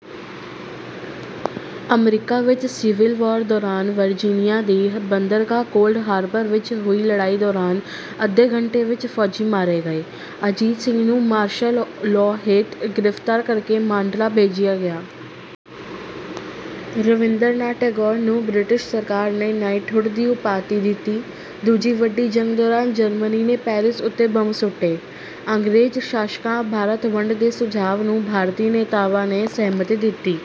– America ਵਿੱਚ civil war ਦੌਰਾਨ Virginia ਦੀ ਬੰਦਰਗਾਹ ਕੋਲਡ ਹਾਰਬਰ ਵਿੱਚ ਹੋਈ ਲੜਾਈ ਦੌਰਾਨ ਅੱਧੇ ਘੰਟੇ ਵਿੱਚ ਫ਼ੌਜੀ ਮਾਰੇ ਗਏ। – ਅਜੀਤ ਸਿੰਘ ਨੂੰ ਮਾਰਸ਼ਲ ਲਾਅ ਹੇਠ ਗ੍ਰਿਫ਼ਤਾਰ ਕਰ ਕੇ ਮਾਂਡਲਾ ਭੇਜਿਆ ਗਿਆ। – ਰਵਿੰਦਰਨਾਥ ਟੈਗੋਰ ਨੂੰ ਬ੍ਰਿਟਿਸ਼ ਸਰਕਾਰ ਨੇ ਨਾਈਟਹੁਡ ਦੀ ਉਪਾਧੀ ਦਿੱਤੀ। – ਦੂਜੀ ਵੱਡੀ ਜੰਗ ਦੌਰਾਨ ਜਰਮਨੀ ਨੇ ਪੈਰਿਸ ਉਤੇ ਬੰਬ ਸੁੱਟੇ। – ਅੰਗਰੇਜ਼ ਸ਼ਾਸਕਾਂ ਭਾਰਤ ਵੰਡ ਦੇ ਸੁਝਾਅ ਨੂੰ ਭਾਰਤੀ ਨੇਤਾਵਾਂ ਨੇ ਸਹਿਮਤੀ ਦਿੱਤੀ।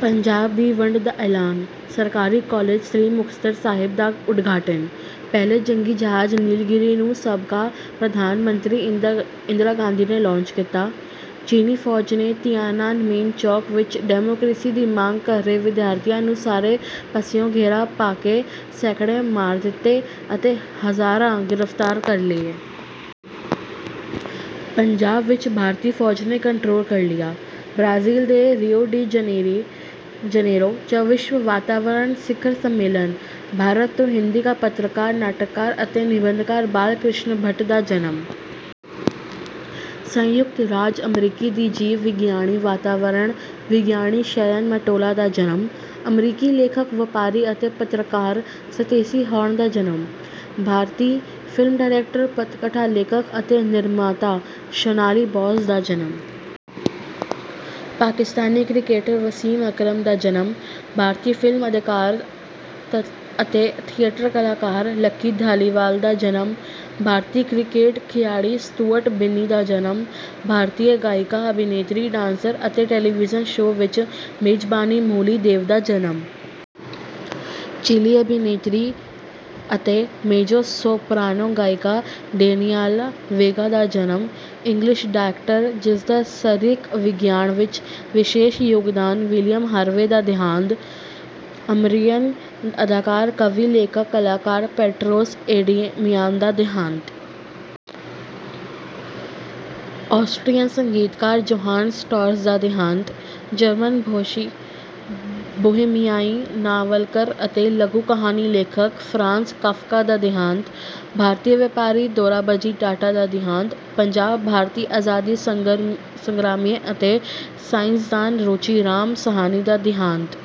ਪੰਜਾਬ ਦੀ ਵੰਡ ਦਾ ਐਲਾਨ। – ਸਰਕਾਰੀ ਕਾਲਜ ਸ੍ਰੀ ਮੁਕਤਸਰ ਸਾਹਿਬ ਦਾ ਉਦਘਾਟਨ। – ਪਹਿਲੇ ਜੰਗੀ ਜਹਾਜ਼ ਨੀਲਗਿਰੀ ਨੂੰ ਸਾਬਕਾ ਪ੍ਰਧਾਨ ਮੰਤਰੀ ਇੰਦਰਾ ਗਾਂਧੀ ਨੇ ਲਾਂਚ ਕੀਤਾ। – ਚੀਨੀ ਫ਼ੌਜ ਨੇ ਤੀਆਨਾਨਮੇਨ ਚੌਕ ਵਿੱਚ ਡੈਮੋਕਰੇਸੀ ਦੀ ਮੰਗ ਕਰ ਰਹੇ ਵਿਦਿਆਰਥੀਆਂ ਨੂੰ ਸਾਰੇ ਪਾਸਿਉਂ ਘੇਰਾ ਪਾ ਕੇ ਸੈਂਕੜੇ ਮਾਰ ਦਿਤੇ ਅਤੇ ਹਜ਼ਾਰਾਂ ਗ੍ਰਿਫ਼ਤਾਰ ਕਰ ਲਏ। – ਪੰਜਾਬ ਵਿੱਚ ਭਾਰਤੀ ਫ਼ੌਜ ਨੇ ਕੰਟਰੋਲ ਕਰ ਲਿਆ। – ਬ੍ਰਾਜ਼ੀਲ ਦੇ ਰਿਓ ਡੀ ਜਨੇਰੋ 'ਚ ਵਿਸ਼ਵ ਵਾਤਾਵਰਣ ਸਿਖਰ ਸੰਮੇਲਨ। – ਭਾਰਤ ਤੋਂ ਹਿੰਦੀ ਦਾ ਪੱਤਰਕਾਰ, ਨਾਟਕਕਾਰ ਅਤੇ ਨਿਬੰਧਕਾਰ ਬਾਲ ਕ੍ਰਿਸ਼ਨ ਭੱਟ ਦਾ ਜਨਮ। – ਸੰਯੁਕਤ ਰਾਜ ਅਮਰੀਕੀ ਦੀ ਜੀਵ ਵਿਗਿਆਨੀ, ਵਾਤਾਵਰਣ ਵਿਗਿਆਨੀ ਸ਼ੈਰਨ ਮਟੋਲਾ ਦਾ ਜਨਮ। – ਅਮਰੀਕੀ ਲੇਖਕ, ਵਪਾਰੀ ਅਤੇ ਪੱਤਰਕਾਰ ਸਟੇਸੀ ਹਾਰਨ ਦਾ ਜਨਮ। – ਭਾਰਤੀ ਫਿਲਮ ਡਾਇਰੈਕਟਰ, ਪਟਕਥਾ ਲੇਖਕ ਅਤੇ ਨਿਰਮਾਤਾ ਸ਼ੋਨਾਲੀ ਬੋਸ ਦਾ ਜਨਮ। – ਪਾਕਿਸਤਾਨੀ ਕ੍ਰਿਕਟਰ ਵਸੀਮ ਅਕਰਮ ਦਾ ਜਨਮ। – ਭਾਰਤੀ ਫ਼ਿਲਮ ਅਦਾਕਾਰ ਅਤੇ ਥੀਏਟਰ ਕਲਾਕਾਰ ਲੱਕੀ ਧਾਲੀਵਾਲ ਦਾ ਜਨਮ। – ਭਾਰਤੀ ਕ੍ਰਿਕਟ ਖਿਡਾਰੀ ਸਟੂਅਰਟ ਬਿੰਨੀ ਦਾ ਜਨਮ। – ਭਾਰਤੀ ਗਾਇਕਾ, ਅਭਿਨੇਤਰੀ, ਡਾਂਸਰ ਅਤੇ ਟੈਲੀਵੀਯਨ ਸ਼ੋਅ ਵਿੱਚ ਮੇਜ਼ਬਾਨੀ ਮੌਲੀ ਡੇਵ ਦਾ ਜਨਮ। – ਚਿਲੀ ਅਭਿਨੇਤਰੀ ਅਤੇ ਮੇਜੋ-ਸੋਪ੍ਰਾਨੋ ਗਾਇਕਾ ਡੇਨੀਏਲਾ ਵੇਗਾ ਦਾ ਜਨਮ। – ਇੰਗਲਿਸ਼ ਡਾਕਟਰ ਜਿਸ ਦਾ ਸਰੀਰਕ ਵਿਗਿਆਨ ਵਿੱਚ ਵਿਸ਼ੇਸ਼ ਯੋਗਦਾਨ ਵਿਲੀਅਮ ਹਾਰਵੇ ਦਾ ਦਿਹਾਂਤ। – ਅਮਰੀਅਨ ਅਦਾਕਾਰ, ਕਵੀ, ਲੇਖਕ, ਕਲਾਕਾਰ ਪੈਟਰੋਸ ਐਡਮਿਆਨ ਦਾ ਦਿਹਾਂਤ। – ਆਸਟ੍ਰੀਅਨ ਸੰਗੀਤਕਾਰ ਜੋਹਾਨ ਸਟਰਾਸ ਦਾ ਦਿਹਾਂਤ। – ਜਰਮਨ ਭਾਸ਼ੀ ਬੋਹੇਮੀਆਈ ਨਾਵਲਕਾਰ ਅਤੇ ਲਘੂ-ਕਹਾਣੀ ਲੇਖਕ ਫ਼ਰਾਂਜ਼ ਕਾਫ਼ਕਾ ਦਾ ਦਿਹਾਂਤ। – ਭਾਰਤੀ ਵਪਾਰੀ ਦੋਰਾਬਜੀ ਟਾਟਾ ਦਾ ਦਿਹਾਂਤ। – ਪੰਜਾਬ, ਭਾਰਤੀ ਆਜ਼ਾਦੀ ਸੰਗਰਾਮੀਆ ਅਤੇ ਸਾਇੰਸਦਾਨ ਰੁਚੀ ਰਾਮ ਸਾਹਨੀ ਦਾ ਦਿਹਾਂਤ।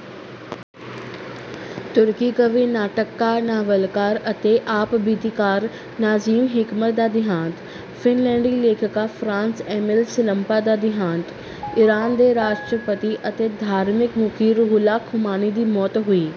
– ਤੁਰਕੀ ਕਵੀ, ਨਾਟਕਕਾਰ, ਨਾਵਲਕਾਰ ਅਤੇ ਆਪਬੀਤੀਕਾਰ ਨਾਜ਼ਿਮ ਹਿਕਮਤ ਦਾ ਦਿਹਾਂਤ। – ਫ਼ਿਨਲੈਂਡੀ ਲੇਖਕਾਂ ਫ਼ਰੰਸ ਏਮੀਲ ਸਿਲੰਪਾ ਦਾ ਦਿਹਾਂਤ। – ਇਰਾਨ ਦੇ ਰਾਸ਼ਟਰਪਤੀ ਅਤੇ ਧਾਰਮਕ ਮੁਖੀ ਰੂਹੁੱਲਾ ਖ਼ੁਮੈਨੀ ਦੀ ਮੌਤ ਹੋਈ।